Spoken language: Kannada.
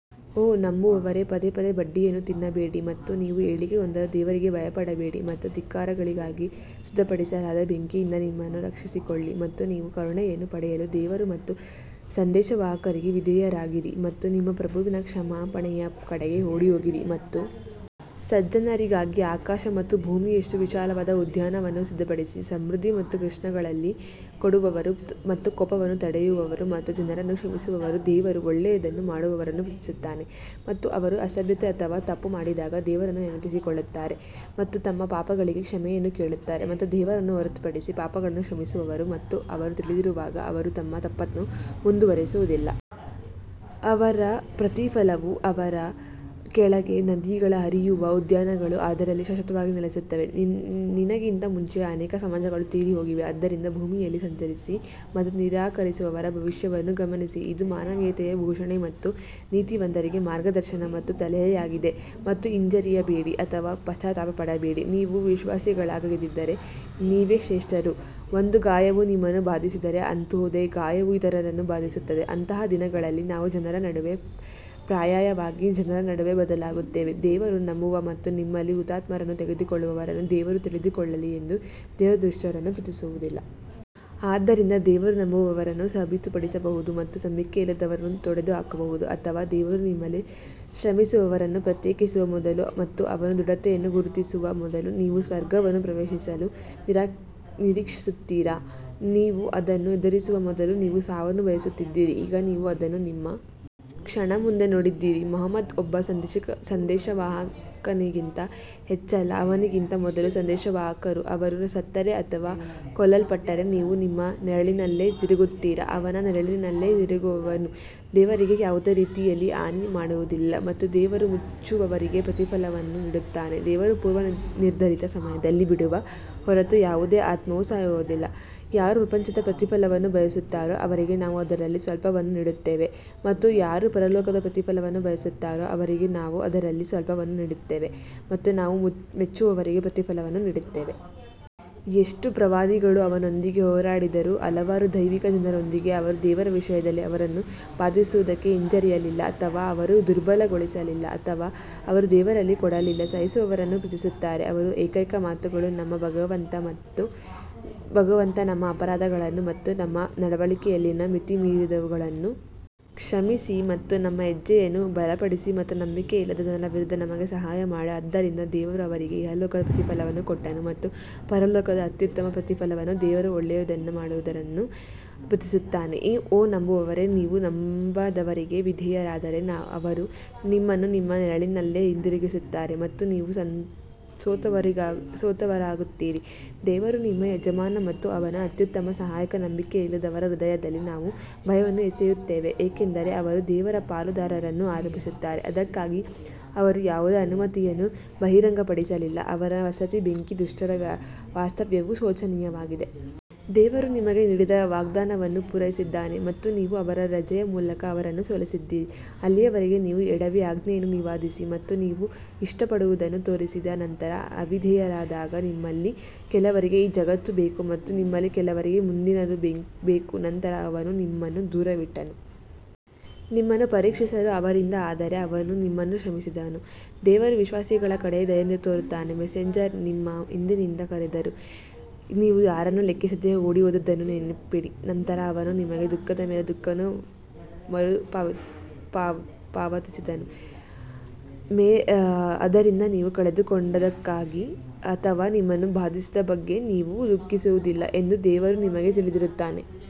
ಓ ನಂಬುವವರೇ, ಪದೇ ಪದೇ ಬಡ್ಡಿಯನ್ನು ತಿನ್ನಬೇಡಿ ಮತ್ತು ನೀವು ಏಳಿಗೆ ಹೊಂದಲು ದೇವರಿಗೆ ಭಯಪಡಬೇಡಿ ಮತ್ತು ಧಿಕ್ಕಾರಿಗಳಿಗಾಗಿ ಸಿದ್ಧಪಡಿಸಲಾದ ಬೆಂಕಿಯಿಂದ ನಿಮ್ಮನ್ನು ರಕ್ಷಿಸಿಕೊಳ್ಳಿ ಮತ್ತು ನೀವು ಕರುಣೆಯನ್ನು ಪಡೆಯಲು ದೇವರು ಮತ್ತು ಸಂದೇಶವಾಹಕರಿಗೆ ವಿಧೇಯರಾಗಿರಿ ಮತ್ತು ನಿಮ್ಮ ಪ್ರಭುವಿನ ಕ್ಷಮಾಪಣೆಯ ಕಡೆಗೆ ಓಡಿಹೋಗಿರಿ ಮತ್ತು ಸಜ್ಜನರಿಗಾಗಿ ಆಕಾಶ ಮತ್ತು ಭೂಮಿಯಷ್ಟು ವಿಶಾಲವಾದ ಉದ್ಯಾನವನ್ನು ಸಿದ್ಧಪಡಿಸಿ ಸಮೃದ್ಧಿ ಮತ್ತು ಕಷ್ಟಗಳಲ್ಲಿ ಕೊಡುವವರು ಮತ್ತು ಕೋಪವನ್ನು ತಡೆಯುವವರು ಮತ್ತು ಜನರನ್ನು ಕ್ಷಮಿಸುವವರು ದೇವರು ಒಳ್ಳೆಯದನ್ನು ಮಾಡುವವರನ್ನು ಪ್ರೀತಿಸುತ್ತಾನೆ ಮತ್ತು ಅವರು ಅಸಭ್ಯತೆ ಅಥವಾ ತಪ್ಪು ಮಾಡಿದಾಗ ದೇವರನ್ನು ನೆನಪಿಸಿಕೊಳ್ಳುತ್ತಾರೆ ಮತ್ತು ತಮ್ಮ ಪಾಪಗಳಿಗೆ ಕ್ಷಮೆಯನ್ನು ಕೇಳುತ್ತಾರೆ ಮತ್ತು ದೇವರನ್ನು ಹೊರತುಪಡಿಸಿ ಪಾಪಗಳನ್ನು ಕ್ಷಮಿಸುವವರು ಮತ್ತು ಅವರು ತಿಳಿದಿರುವಾಗ ಅವರು ತಮ್ಮ ತಪ್ಪನ್ನು ಮುಂದುವರಿಸುವುದಿಲ್ಲ. ಅವರ ಪ್ರತಿಫಲವು ಅವರ ಭಗವಂತನಿಂದ ಕ್ಷಮೆಯಾಗಿದೆ ಮತ್ತು ಅದರ ಕೆಳಗೆ ನದಿಗಳು ಹರಿಯುವ ಉದ್ಯಾನಗಳು ಅದರಲ್ಲಿ ಶಾಶ್ವತವಾಗಿ ನೆಲೆಸುತ್ತವೆ. ನಿನಗಿಂತ ಮುಂಚೆಯೇ ಅನೇಕ ಸಮಾಜಗಳು ತೀರಿಹೋಗಿವೆ ಆದ್ದರಿಂದ ಭೂಮಿಯಲ್ಲಿ ಸಂಚರಿಸಿ ಮತ್ತು ನಿರಾಕರಿಸುವವರ ಭವಿಷ್ಯವನ್ನು ಗಮನಿಸಿ ಇದು ಮಾನವೀಯತೆಯ ಘೋಷಣೆ ಮತ್ತು ನೀತಿವಂತರಿಗೆ ಮಾರ್ಗದರ್ಶನ ಮತ್ತು ಸಲಹೆಯಾಗಿದೆ ಮತ್ತು ಹಿಂಜರಿಯಬೇಡಿ ಅಥವಾ ಪಶ್ಚಾತ್ತಾಪ ಪಡಬೇಡಿ ನೀವು ವಿಶ್ವಾಸಿಗಳಾಗಿದ್ದರೆ ನೀವೇ ಶ್ರೇಷ್ಠರು ಒಂದು ಗಾಯವು ನಿಮ್ಮನ್ನು ಬಾಧಿಸಿದರೆ ಅಂತಹುದೇ ಗಾಯವು ಇತರರನ್ನು ಬಾಧಿಸುತ್ತದೆ ಅಂತಹ ದಿನಗಳಲ್ಲಿ ನಾವು ಜನರ ನಡುವೆ ಪರ್ಯಾಯವಾಗಿ ಜನರ ನಡುವೆ ಬದಲಾಗುತ್ತೇವೆ, ದೇವರು ನಂಬುವ ಮತ್ತು ನಿಮ್ಮಲ್ಲಿ ಹುತಾತ್ಮರನ್ನು ತೆಗೆದುಕೊಳ್ಳುವವರನ್ನು ದೇವರು ತಿಳಿದುಕೊಳ್ಳಲಿ ಎಂದು ದೇವರು ದುಷ್ಟರನ್ನು ಪ್ರೀತಿಸುವುದಿಲ್ಲ. ಆದ್ದರಿಂದ ದೇವರು ನಂಬುವವರನ್ನು ಸಾಬೀತುಪಡಿಸಬಹುದು ಮತ್ತು ನಂಬಿಕೆಯಿಲ್ಲದವರನ್ನು ತೊಡೆದುಹಾಕಬಹುದು ಅಥವಾ ದೇವರು ನಿಮ್ಮಲ್ಲಿ ಶ್ರಮಿಸುವವರನ್ನು ಪ್ರತ್ಯೇಕಿಸುವ ಮೊದಲು ಮತ್ತು ಅವನು ದೃಢತೆಯನ್ನು ಗುರುತಿಸುವ ಮೊದಲು ನೀವು ಸ್ವರ್ಗವನ್ನು ಪ್ರವೇಶಿಸಲು ನಿರೀಕ್ಷಿಸುತ್ತೀರಾ? ನೀವು ಅದನ್ನು ಎದುರಿಸುವ ಮೊದಲು ನೀವು ಸಾವನ್ನು ಬಯಸುತ್ತಿದ್ದಿರಿ ಈಗ ನೀವು ಅದನ್ನು ನಿಮ್ಮ ಕಣ್ಣ ಮುಂದೆ ನೋಡಿದ್ದೀರಿ ಮುಹಮ್ಮದ್ ಒಬ್ಬ ಸಂದೇಶವಾಹಕನಿಗಿಂತ ಹೆಚ್ಚಲ್ಲ ಅವನಿಗಿಂತ ಮೊದಲು ಸಂದೇಶವಾಹಕರು ಅವರು ಸತ್ತರೆ ಅಥವಾ ಕೊಲ್ಲಲ್ಪಟ್ಟರೆ ನೀವು ನಿಮ್ಮ ನೆರಳಿನಲ್ಲೇ ತಿರುಗುತ್ತೀರಾ ಅವನ ನೆರಳಿನಲ್ಲೇ ತಿರುಗುವವನು ದೇವರಿಗೆ ಯಾವುದೇ ರೀತಿಯಲ್ಲಿ ಹಾನಿ ಮಾಡುವುದಿಲ್ಲ ಮತ್ತು ದೇವರು ಮೆಚ್ಚುವವರಿಗೆ ಪ್ರತಿಫಲವನ್ನು ನೀಡುತ್ತಾನೆ ದೇವರು ಪೂರ್ವನಿರ್ಧರಿತ ಸಮಯದಲ್ಲಿ ಬಿಡುವ ಹೊರತು ಯಾವುದೇ ಆತ್ಮವು ಸಾಯುವುದಿಲ್ಲ, ಯಾರು ಪ್ರಪಂಚದ ಪ್ರತಿಫಲವನ್ನು ಬಯಸುತ್ತಾರೋ ಅವರಿಗೆ ನಾವು ಅದರಲ್ಲಿ ಸ್ವಲ್ಪವನ್ನು ನೀಡುತ್ತೇವೆ ಮತ್ತು ಯಾರು ಪರಲೋಕದ ಪ್ರತಿಫಲವನ್ನು ಬಯಸುತ್ತಾರೋ ಅವರಿಗೆ ನಾವು ಅದರಲ್ಲಿ ಸ್ವಲ್ಪವನ್ನು ನೀಡುತ್ತೇವೆ ಮತ್ತು ನಾವು ಮೆಚ್ಚುವವರಿಗೆ ಪ್ರತಿಫಲವನ್ನು ನೀಡುತ್ತೇವೆ. ಎಷ್ಟು ಪ್ರವಾದಿಗಳು ಅವನೊಂದಿಗೆ ಹೋರಾಡಿದರು ಹಲವಾರು ದೈವಿಕ ಜನರೊಂದಿಗೆ ಅವರು ದೇವರ ವಿಷಯದಲ್ಲಿ ಅವರನ್ನು ಬಾಧಿಸುವುದಕ್ಕೆ ಹಿಂಜರಿಯಲಿಲ್ಲ ಅಥವಾ ಅವರು ದುರ್ಬಲಗೊಳಿಸಲಿಲ್ಲ ಅಥವಾ ಅವರು ದೇವರಲ್ಲಿ ಕೊಡಲಿಲ್ಲ ಸಹಿಸುವವರನ್ನು ಪ್ರೀತಿಸುತ್ತಾರೆ ಅವರ ಏಕೈಕ ಮಾತುಗಳು ನಮ್ಮ ಭಗವಂತ ನಮ್ಮ ಅಪರಾಧಗಳನ್ನು ಮತ್ತು ನಮ್ಮ ನಡವಳಿಕೆಯಲ್ಲಿನ ಮಿತಿಮೀರಿದವುಗಳನ್ನು ಕ್ಷಮಿಸಿ ಮತ್ತು ನಮ್ಮ ಹೆಜ್ಜೆಯನ್ನು ಬಲಪಡಿಸಿ ಮತ್ತು ನಂಬಿಕೆಯಿಲ್ಲದ ಜನರ ವಿರುದ್ಧ ನಮಗೆ ಸಹಾಯ ಮಾಡಿ ಆದ್ದರಿಂದ ದೇವರು ಅವರಿಗೆ ಇಹಲೋಕದ ಪ್ರತಿಫಲವನ್ನು ಕೊಟ್ಟನು ಮತ್ತು ಪರಲೋಕದ ಅತ್ಯುತ್ತಮ ಪ್ರತಿಫಲವನ್ನು ದೇವರು ಒಳ್ಳೆಯದನ್ನು ಮಾಡುವವರನ್ನು ಪ್ರೀತಿಸುತ್ತಾನೆ ಓ ನಂಬುವವರೇ, ನೀವು ನಂಬದವರಿಗೆ ವಿಧೇಯರಾದರೆ ಅವರು ನಿಮ್ಮನ್ನು ನಿಮ್ಮ ನೆರಳಿನಲ್ಲೇ ಹಿಂತಿರುಗಿಸುತ್ತಾರೆ ಮತ್ತು ನೀವು ಸೋತವರಾಗುತ್ತೀರಿ ದೇವರು ನಿಮ್ಮ ಯಜಮಾನ ಮತ್ತು ಅವನು ಅತ್ಯುತ್ತಮ ಸಹಾಯಕ ನಂಬಿಕೆಯಿಲ್ಲದವರ ಹೃದಯದಲ್ಲಿ ನಾವು ಭಯವನ್ನು ಎಸೆಯುತ್ತೇವೆ ಏಕೆಂದರೆ ಅವರು ದೇವರ ಪಾಲುದಾರರನ್ನು ಆರೋಪಿಸುತ್ತಾರೆ, ಅದಕ್ಕಾಗಿ ಅವರು ಯಾವುದೇ ಅನುಮತಿಯನ್ನು ಬಹಿರಂಗಪಡಿಸಲಿಲ್ಲ ಅವರ ವಸತಿ ಬೆಂಕಿ ದುಷ್ಟರ ವಾಸ್ತವ್ಯವು ಶೋಚನೀಯವಾಗಿದೆ. ದೇವರು ನಿಮಗೆ ನೀಡಿದ ವಾಗ್ದಾನವನ್ನು ಪೂರೈಸಿದ್ದಾನೆ ಮತ್ತು ನೀವು ಅವನ ರಜೆಯ ಮೂಲಕ ಅವರನ್ನು ಸೋಲಿಸಿದ್ದೀರಿ, ಅಲ್ಲಿಯವರೆಗೆ ನೀವು ಎಡವಿ, ಆಜ್ಞೆಯನ್ನು ವಿವಾದಿಸಿ ಮತ್ತು ನೀವು ಇಷ್ಟಪಡುವದನ್ನು ತೋರಿಸಿದ ನಂತರ ಅವಿಧೇಯರಾದಾಗ ನಿಮ್ಮಲ್ಲಿ ಕೆಲವರಿಗೆ ಈ ಜಗತ್ತು ಬೇಕು ಮತ್ತು ನಿಮ್ಮಲ್ಲಿ ಕೆಲವರಿಗೆ ಮುಂದಿನದು ಬೇಕು ನಂತರ ಅವನು ನಿಮ್ಮನ್ನು ದೂರವಿಟ್ಟನು. ನಿಮ್ಮನ್ನು ಪರೀಕ್ಷಿಸಲು ಅವರಿಂದ ಆದರೆ ಅವನು ನಿಮ್ಮನ್ನು ಕ್ಷಮಿಸಿದನು, ದೇವರು ವಿಶ್ವಾಸಿಗಳ ಕಡೆಗೆ ದಯೆ ತೋರುತ್ತಾನೆ ಮೆಸೆಂಜರ್ ನಿಮ್ಮ ಹಿಂದಿನಿಂದ ಕರೆದರೂ ನೀವು ಯಾರನ್ನೂ ಲೆಕ್ಕಿಸದೆ ಓಡಿಹೋದುದನ್ನು ನೆನಪಿಡಿ, ನಂತರ ಅವನು ನಿಮಗೆ ದುಃಖದ ಮೇಲೆ ದುಃಖವನ್ನು ಮರುಪಾವತಿಸಿದನು, ಆದ್ದರಿಂದ ನೀವು ಕಳೆದುಕೊಂಡದ್ದಕ್ಕಾಗಿ ಅಥವಾ ನಿಮ್ಮನ್ನು ಬಾಧಿಸಿದ ಬಗ್ಗೆ ನೀವು ದುಃಖಿಸುವುದಿಲ್ಲ ಎಂದು ದೇವರು ನಿಮಗೆ ತಿಳಿದಿರುತ್ತಾನೆ.